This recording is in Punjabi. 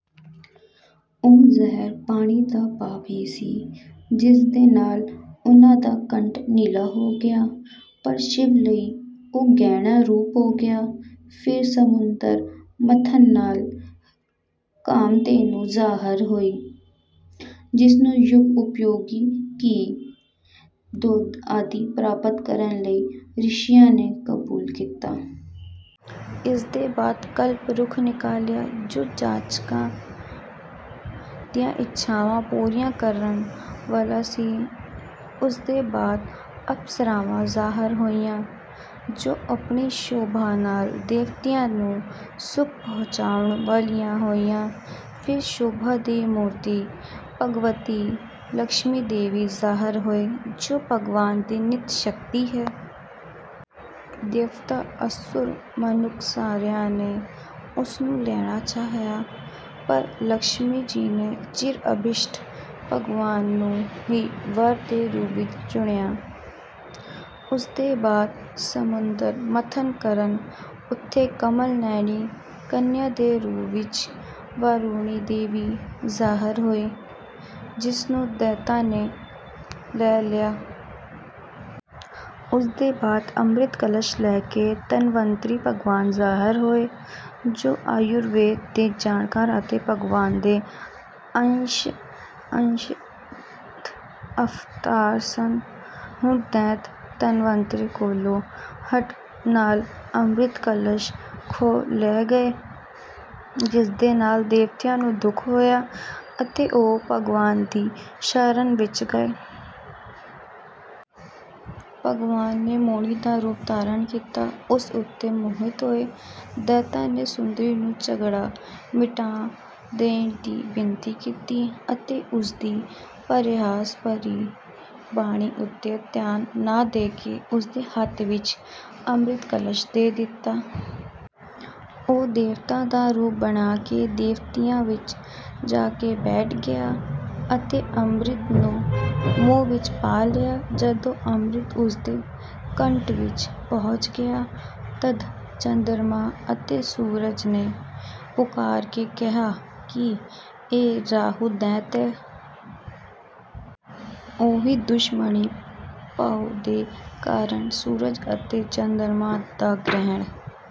ਉਹ ਜ਼ਹਿਰ ਪਾਣੀ ਦਾ ਪਾਪ ਹੀ ਸੀ, ਜਿਸਦੇ ਨਾਲ ਉਨ੍ਹਾਂ ਦਾ ਕੰਠ ਨੀਲਾ ਹੋ ਗਿਆ ਪਰ ਸ਼ਿਵ ਲਈ ਉਹ ਗਹਿਣਾ ਰੂਪ ਹੋ ਗਿਆ। ਫਿਰ ਸਮੁੰਦਰ ਮੰਥਨ ਨਾਲ ਕਾਮਧੇਨੂ ਜ਼ਾਹਰ ਹੋਈ, ਜਿਸਨੂੰ ਯੱਗ-ਉਪਯੋਗੀ ਘੀ, ਦੁੱਧ ਆਦਿ ਪ੍ਰਾਪਤ ਕਰਨ ਲਈ ਰਿਸ਼ੀਆਂ ਨੇ ਕਬੂਲ ਕੀਤਾ। ਇਸਦੇ ਬਾਅਦ ਕਲਪ ਰੁੱਖ ਨਿਕਲਿਆ, ਜੋ ਜਾਚਕਾਂ ਦੀਆਂ ਇੱਛਾਵਾਂ ਪੂਰੀਆਂ ਕਰਨ ਵਾਲਾ ਸੀ। ਉਸਦੇ ਬਾਅਦ ਅਪਸਰਾਵਾਂ ਜ਼ਾਹਰ ਹੋਈਆਂ, ਜੋ ਆਪਣੀ ਸ਼ੋਭਾ ਨਾਲ ਦੇਵਤਿਆਂ ਨੂੰ ਸੁਖ ਪਹੁੰਚਾਉਣ ਵਾਲੀਆਂ ਹੋਈਆਂ। ਫਿਰ ਸ਼ੋਭਾ ਦੀ ਮੂਰਤੀ ਭਗਵਤੀ ਲਕਸ਼ਮੀ ਦੇਵੀ ਜ਼ਾਹਰ ਹੋਈ, ਜੋ ਭਗਵਾਨ ਦੀ ਨਿੱਤ ਸ਼ਕਤੀ ਹੈ। ਦੇਵਤਾ, ਅਸੁਰ, ਮਨੁੱਖ ਸਾਰਿਆਂ ਨੇ ਉਸ ਨੂੰ ਲੈਣਾ ਚਾਹਿਆ, ਪਰ ਲਕਸ਼ਮੀ ਜੀ ਨੇ ਚਿਰ-ਅਭੀਸ਼ਟ ਭਗਵਾਨ ਨੂੰ ਹੀ ਵਰ ਦੇ ਰੂਪ ਵਿੱਚ ਚੁਣਿਆ। ਉਸਦੇ ਬਾਅਦ ਸਮੁੰਦਰ ਮੰਥਨ ਕਰਨ ਉੱਤੇ ਕਮਲ-ਨੈਣੀ ਕੰਨਿਆ ਦੇ ਰੂਪ ਵਿੱਚ ਵਾਰੁਣੀ ਦੇਵੀ ਜ਼ਾਹਰ ਹੋਈ, ਜਿਸਨੂੰ ਦੈਤਾਂ ਨੇ ਲੈ ਲਿਆ। ਉਸਦੇ ਬਾਅਦ ਅੰਮ੍ਰਿਤ ਕਲਸ਼ ਲੈ ਕੇ ਧਨਵੰਤਰੀ ਭਗਵਾਨ ਜ਼ਾਹਰ ਹੋਏ, ਜੋ ਆਯੁਰਵੇਦ ਦੇ ਜਾਣਕਾਰ ਅਤੇ ਭਗਵਾਨ ਦੇ ਅੰਸ਼-ਅੰਸ਼ ਅਵਤਾਰ ਸਨ। ਹੁਣ ਦੈਤ ਧਨਵੰਤਰੀ ਕੋਲੋਂ ਹਠ ਨਾਲ ਅੰਮ੍ਰਿਤ ਕਲਸ਼ ਖੋਹ ਲੈ ਗਏ, ਜਿਸਦੇ ਨਾਲ ਦੇਵਤਿਆਂ ਨੂੰ ਦੁੱਖ ਹੋਇਆ ਅਤੇ ਉਹ ਭਗਵਾਨ ਦੀ ਸ਼ਰਨ ਵਿੱਚ ਗਏ। ਭਗਵਾਨ ਨੇ ਮੋਹਣੀ ਦਾ ਰੂਪ ਧਾਰਨ ਕੀਤਾ। ਉਸ ਉੱਤੇ ਮੋਹਿਤ ਹੋਏ ਦੈਤਾਂ ਨੇ ਸੁੰਦਰੀ ਨੂੰ ਝਗੜਾ ਮਿਟਾ ਦੇਣ ਦੀ ਬੇਨਤੀ ਕੀਤੀ ਅਤੇ ਉਸਦੀ ਪਰਿਹਾਸ-ਭਰੀ ਬਾਣੀ ਉੱਤੇ ਧਿਆਨ ਨਾ ਦੇ ਕੇ ਉਸਦੇ ਹੱਥ ਵਿੱਚ ਅੰਮ੍ਰਿਤ ਕਲਸ਼ ਦੇ ਦਿੱਤਾ। ਉਹ ਦੇਵਤਾ ਦਾ ਰੂਪ ਬਣਾ ਕੇ ਦੇਵਤਿਆਂ ਵਿੱਚ ਜਾ ਕੇ ਬੈਠ ਗਿਆ ਅਤੇ ਅੰਮ੍ਰਿਤ ਨੂੰ ਮੂੰਹ ਵਿੱਚ ਪਾ ਲਿਆ। ਜਦੋਂ ਅੰਮ੍ਰਿਤ ਉਸਦੇ ਕੰਠ ਵਿੱਚ ਪਹੁੰਚ ਗਿਆ, ਤੱਦ ਚੰਦਰਮਾ ਅਤੇ ਸੂਰਜ ਨੇ ਪੁਕਾਰ ਕੇ ਕਿਹਾ ਕਿ ਇਹ ਰਾਹੂ ਦੈਤ ਹੈ। ਉਹ ਹੀ ਦੁਸ਼ਮਣੀ ਭਾਵ ਦੇ ਕਾਰਨ ਸੂਰਜ ਅਤੇ ਚੰਦਰਮਾ ਦਾ ਗ੍ਰਹਿਣ